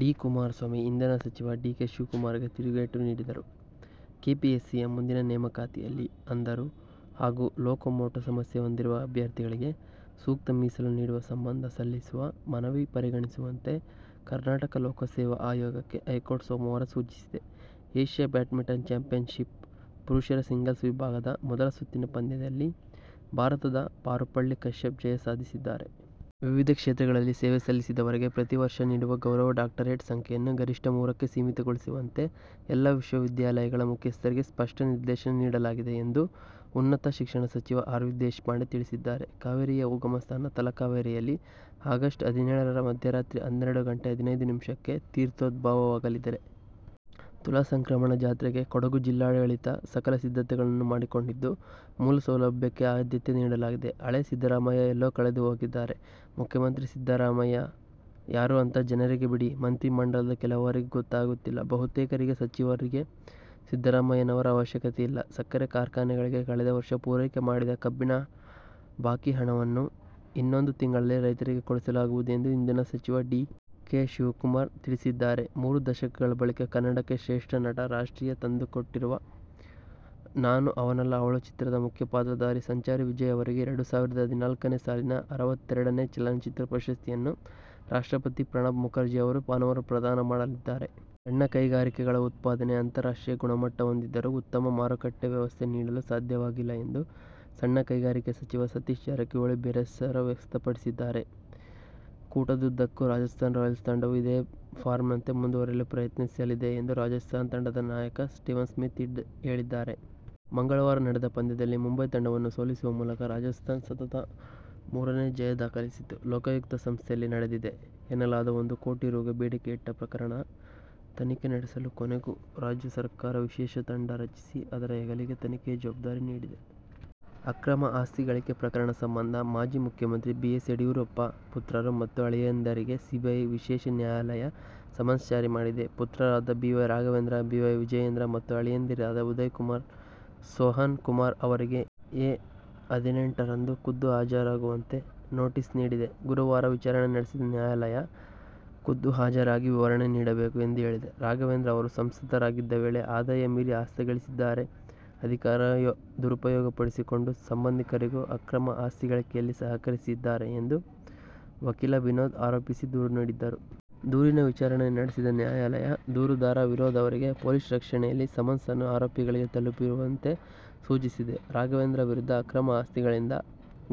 D. Kumaraswamy, ಇಂಧನ ಸಚಿವ D. K. ಶಿವಕುಮಾರ್‌ಗೆ ತಿರುಗೇಟು ನೀಡಿದರು. ಕೆಪಿಎಸ್ಸಿಯ ಮುಂದಿನ ನೇಮಕಾತಿಯಲ್ಲಿ ಅಂಧರು ಹಾಗೂ ಲೊಕೊಮೋಟೊ ಸಮಸ್ಯೆ ಹೊಂದಿರುವ ಅಭ್ಯರ್ಥಿಗಳಿಗೆ ಸೂಕ್ತ ಮೀಸಲು ನೀಡುವ ಸಂಬಂಧ ಸಲ್ಲಿಸುವ ಮನವಿ ಪರಿಗಣಿಸುವಂತೆ ಕರ್ನಾಟಕ ಲೋಕಸೇವಾ ಆಯೋಗಕ್ಕೆ ಹೈಕೋರ್ಟ್ ಸೋಮವಾರ ಸೂಚಿಸಿದೆ. ಏಶ್ಯಾ ಬ್ಯಾಡ್ಮಿಂಟನ್ ಚಾಂಪಿಯನ್ಶಿಪ್ ಪುರುಷರ ಸಿಂಗಲ್ಸ್ ವಿಭಾಗದ ಮೊದಲ ಸುತ್ತಿನ ಪಂದ್ಯದಲ್ಲಿ ಭಾರತದ ಪಾರುಪಳ್ಳಿ ಕಶ್ಯಪ್ ಜಯ ಸಾಧಿಸಿದ್ದಾರೆ. ವಿವಿಧ ಕ್ಷೇತ್ರಗಳಲ್ಲಿ ಸೇವೆ ಸಲ್ಲಿಸಿದವರಿಗೆ ಪ್ರತಿ ವರ್ಷ ನೀಡುವ ಗೌರವ ಡಾಕ್ಟರೆಟ್ ಸಂಖ್ಯೆಯನ್ನು ಗರಿಷ್ಠ ಮೂರಕ್ಕೆ ಸೀಮಿತಗೊಳಿಸುವಂತೆ ಎಲ್ಲಾ ವಿಶ್ವವಿದ್ಯಾಲಯಗಳ ಮುಖ್ಯಸ್ಥರಿಗೆ ಸ್ಪಷ್ಟ ನಿರ್ದೇಶನ ನೀಡಲಾಗಿದೆ ಎಂದು ಉನ್ನತ ಶಿಕ್ಷಣ ಸಚಿವ ಆರ್. ವಿ. ದೇಶಪಾಂಡೆ ತಿಳಿಸಿದ್ದಾರೆ. ಕಾವೇರಿಯ ಉಗಮ ಸ್ಥಾನ ತಲಕಾವೇರಿಯಲ್ಲಿ ಅ. ಹದಿನೇಳರ ಮಧ್ಯರಾತ್ರಿ ಹನ್ನೆರಡು ಗಂಟೆ ಹದಿನೈದು ನಿಮಿಷಕ್ಕೆ ತೀರ್ಥೋದ್ಭವವಾಗಲಿದೆ. ತುಲಾಸಂಕ್ರಮಣ ಜಾತ್ರೆಗೆ ಕೊಡಗು ಜಿಲ್ಲಾಡಳಿತ ಸಕಲ ಸಿದ್ಧತೆಗಳನ್ನು ಮಾಡಿಕೊಂಡಿದ್ದು, ಮೂಲಸೌಲಭ್ಯಕ್ಕೆ ಆದ್ಯತೆ ನೀಡಲಾಗಿದೆ. ಹಳೇ ಸಿದ್ದರಾಮಯ್ಯ ಎಲ್ಲೋ ಕಳೆದುಹೋಗಿದ್ದಾರೆ. ಮುಖ್ಯಮಂತ್ರಿ ಸಿದ್ದರಾಮಯ್ಯ ಯಾರೂ ಅಂತ ಜನರಿಗೆ ಬಿಡಿ, ಮಂತ್ರಿಮಂಡಲದ ಕೆಲವರಿಗೆ ಗೊತ್ತಾಗುತ್ತಿಲ್ಲ. ಬಹುತೇಕ ಸಚಿವರಿಗೆ ಸಿದ್ದರಾಮಯ್ಯನವರ ಅವಶ್ಯಕತೆ ಇಲ್ಲ. ಸಕ್ಕರೆ ಕಾರ್ಖಾನೆಗಳಿಗೆ ಕಳೆದ ವರ್ಷ ಪೂರೈಕೆ ಮಾಡಿದ ಕಬ್ಬಿನ ಬಾಕಿ ಹಣವನ್ನು ಇನ್ನೊಂದು ತಿಂಗಳಲ್ಲಿ ರೈತರಿಗೆ ಕೊಡಿಸಲಾಗುವುದು ಎಂದು ಇಂಧನ ಸಚಿವ ಡಿ. ಕೆ. ಶಿವಕುಮಾರ್ ತಿಳಿಸಿದ್ದಾರೆ. ಮೂರು ದಶಕಗಳ ಬಳಿಕ ಕನ್ನಡಕ್ಕೆ ಶ್ರೇಷ್ಠ ನಟ ರಾಷ್ಟ್ರೀಯ ಗೌರವ ತಂದುಕೊಟ್ಟಿರುವ "ನಾನು ಅವನಲ್ಲ, ಅವಳು" ಚಿತ್ರದ ಮುಖ್ಯ ಪಾತ್ರಧಾರಿ "ಸಂಚಾರಿ" ವಿಜಯ್ ಅವರಿಗೆ ಎರಡು ಸಾವಿರದ ಹದಿನಾಲ್ಕನೇ ಸಾಲಿನ ಅರವತ್ತೆರಡನೇ ಚಲನಚಿತ್ರ ಪ್ರಶಸ್ತಿಯನ್ನು ರಾಷ್ಟ್ರಪತಿ ಪ್ರಣಬ್ ಮುಖರ್ಜಿ ಅವರು ಭಾನುವಾರ ಪ್ರದಾನ ಮಾಡಲಿದ್ದಾರೆ. ಸಣ್ಣ ಕೈಗಾರಿಕೆಗಳ ಉತ್ಪಾದನೆ ಅಂತಾರಾಷ್ಟ್ರೀಯ ಗುಣಮಟ್ಟ ಹೊಂದಿದ್ದರೂ ಉತ್ತಮ ಮಾರುಕಟ್ಟೆ ವ್ಯವಸ್ಥೆ ನೀಡಲು ಸಾಧ್ಯವಾಗಿಲ್ಲ ಎಂದು ಸಣ್ಣ ಕೈಗಾರಿಕೆ ಸಚಿವ ಸತೀಶ್ ಜಾರಕಿಹೊಳಿ ಬೇಸರ ವ್ಯಕ್ತಪಡಿಸಿದ್ದಾರೆ. ಕೂಟದುದ್ದಕ್ಕೂ ರಾಜಸ್ಥಾನ್ ರಾಯಲ್ಸ್ ತಂಡವು ಇದೇ ಫಾರ್ಮ್‌ನಂತೆ ಮುಂದುವರಿಯಲು ಪ್ರಯತ್ನಿಸಲಿದೆ ಎಂದು ರಾಜಸ್ಥಾನ್ ತಂಡದ ನಾಯಕ ಸ್ಟೀವನ್ ಸ್ಮಿತ್ ಹೇಳಿದ್ದಾರೆ. ಮಂಗಳವಾರ ನಡೆದ ಪಂದ್ಯದಲ್ಲಿ ಮುಂಬೈ ತಂಡವನ್ನು ಸೋಲಿಸುವ ಮೂಲಕ ರಾಜಸ್ಥಾನ್ ಸತತ ಮೂರನೇ ಜಯ ದಾಖಲಿಸಿತು. ಲೋಕಾಯುಕ್ತ ಸಂಸ್ಥೆಯಲ್ಲಿ ನಡೆದಿದೆ ಎನ್ನಲಾದ ಒಂದು ಕೋಟಿ ರೂ.ಗೆ ಬೇಡಿಕೆ ಇಟ್ಟ ಪ್ರಕರಣದ ತನಿಖೆ ನಡೆಸಲು ಕೊನೆಗೂ ರಾಜ್ಯ ಸರ್ಕಾರ ವಿಶೇಷ ತಂಡ ರಚಿಸಿ ಅದರ ಹೆಗಲಿಗೆ ತನಿಖೆಯ ಜವಾಬ್ದಾರಿ ನೀಡಿದೆ. ಅಕ್ರಮ ಆಸ್ತಿ ಗಳಿಕೆ ಪ್ರಕರಣ ಸಂಬಂಧ ಮಾಜಿ ಮುಖ್ಯಮಂತ್ರಿ ಬಿ. ಎಸ್. ಯಡಿಯೂರಪ್ಪ ಪುತ್ರರು ಮತ್ತು ಅಳಿಯಂದಿರಿಗೆ ಸಿಬಿಐ ವಿಶೇಷ ನ್ಯಾಯಾಲಯ ಸಮನ್ಸ್ ಜಾರಿ ಮಾಡಿದೆ. ಪುತ್ರರಾದ B. Y. Raghavendra, B. Y. Vijayendra ಮತ್ತು ಅಳಿಯಂದಿರಾದ ಉದಯಕುಮಾರ್, ಸೋಹನ್ ಕುಮಾರ್ ಅವರಿಗೆ ಏ. ಹದಿನೆಂಟರಂದು ಖುದ್ದು ಹಾಜರಾಗುವಂತೆ ಸೂಚನೆ ನೀಡಿದೆ. ಗುರುವಾರ ವಿಚಾರಣೆ ನಡೆಸಿದ ನ್ಯಾಯಾಲಯ, ಖುದ್ದು ಹಾಜರಾಗಿ ವಿವರಣೆ ನೀಡಬೇಕು ಎಂದು ಹೇಳಿದೆ. ರಾಘವೇಂದ್ರ ಅವರು ಸಂಸದರಾಗಿದ್ದ ವೇಳೆ ಆದಾಯ ಮೀರಿ ಆಸ್ತಿ ಗಳಿಸಿದ್ದಾರೆ. ಅಧಿಕಾರ ದುರುಪಯೋಗಪಡಿಸಿಕೊಂಡು ಸಂಬಂಧಿಕರಿಗೂ ಅಕ್ರಮ ಆಸ್ತಿ ಗಳಿಕೆಯಲ್ಲಿ ಸಹಕರಿಸಿದ್ದಾರೆ ಎಂದು ವಕೀಲ ವಿನೋದ್ ಆರೋಪಿಸಿ ದೂರು ನೀಡಿದ್ದರು. ದೂರಿನ ವಿಚಾರಣೆ ನಡೆಸಿದ ನ್ಯಾಯಾಲಯ, ದೂರುದಾರ ವಿನೋದ್ ಅವರಿಗೆ ಪೊಲೀಸ್ ರಕ್ಷಣೆಯಲ್ಲಿ ಸಮನ್ಸ್ ಅನ್ನು ಆರೋಪಿಗಳಿಗೆ ತಲುಪಿಸುವಂತೆ ಸೂಚಿಸಿದೆ. ರಾಘವೇಂದ್ರ ವಿರುದ್ಧ ಅಕ್ರಮ ಆಸ್ತಿ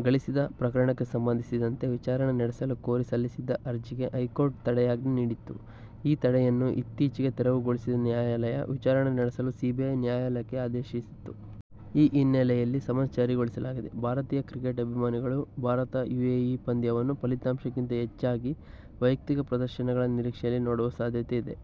ಗಳಿಸಿದ ಪ್ರಕರಣಕ್ಕೆ ಸಂಬಂಧಿಸಿದಂತೆ ವಿಚಾರಣೆ ನಡೆಸಲು ಕೋರಿ ಸಲ್ಲಿಸಿದ್ದ ಅರ್ಜಿಗೆ ಹೈಕೋರ್ಟ್ ತಡೆಯಾಜ್ಞೆ ನೀಡಿತ್ತು. ಈ ತಡೆಯನ್ನು ಇತ್ತೀಚೆಗೆ ತೆರವುಗೊಳಿಸಿದ ನ್ಯಾಯಾಲಯ ವಿಚಾರಣೆ ನಡೆಸಲು ಸಿಬಿಐ ನ್ಯಾಯಾಲಯಕ್ಕೆ ಆದೇಶಿಸಿತ್ತು. ಈ ಹಿನ್ನೆಲೆಯಲ್ಲಿ ಸಮನ್ಸ್ ಜಾರಿಗೊಳಿಸಲಾಗಿದೆ. ಭಾರತೀಯ ಕ್ರಿಕೆಟ್ ಅಭಿಮಾನಿಗಳು ಭಾರತ-ಯುಎಇ ಪಂದ್ಯವನ್ನು ಫಲಿತಾಂಶಕ್ಕಿಂತ ಹೆಚ್ಚಾಗಿ ವೈಯಕ್ತಿಕ ಪ್ರದರ್ಶನಗಳ ನಿರೀಕ್ಷೆಯಲ್ಲಿ ನೋಡುವ ಸಾಧ್ಯತೆ ಇದೆ.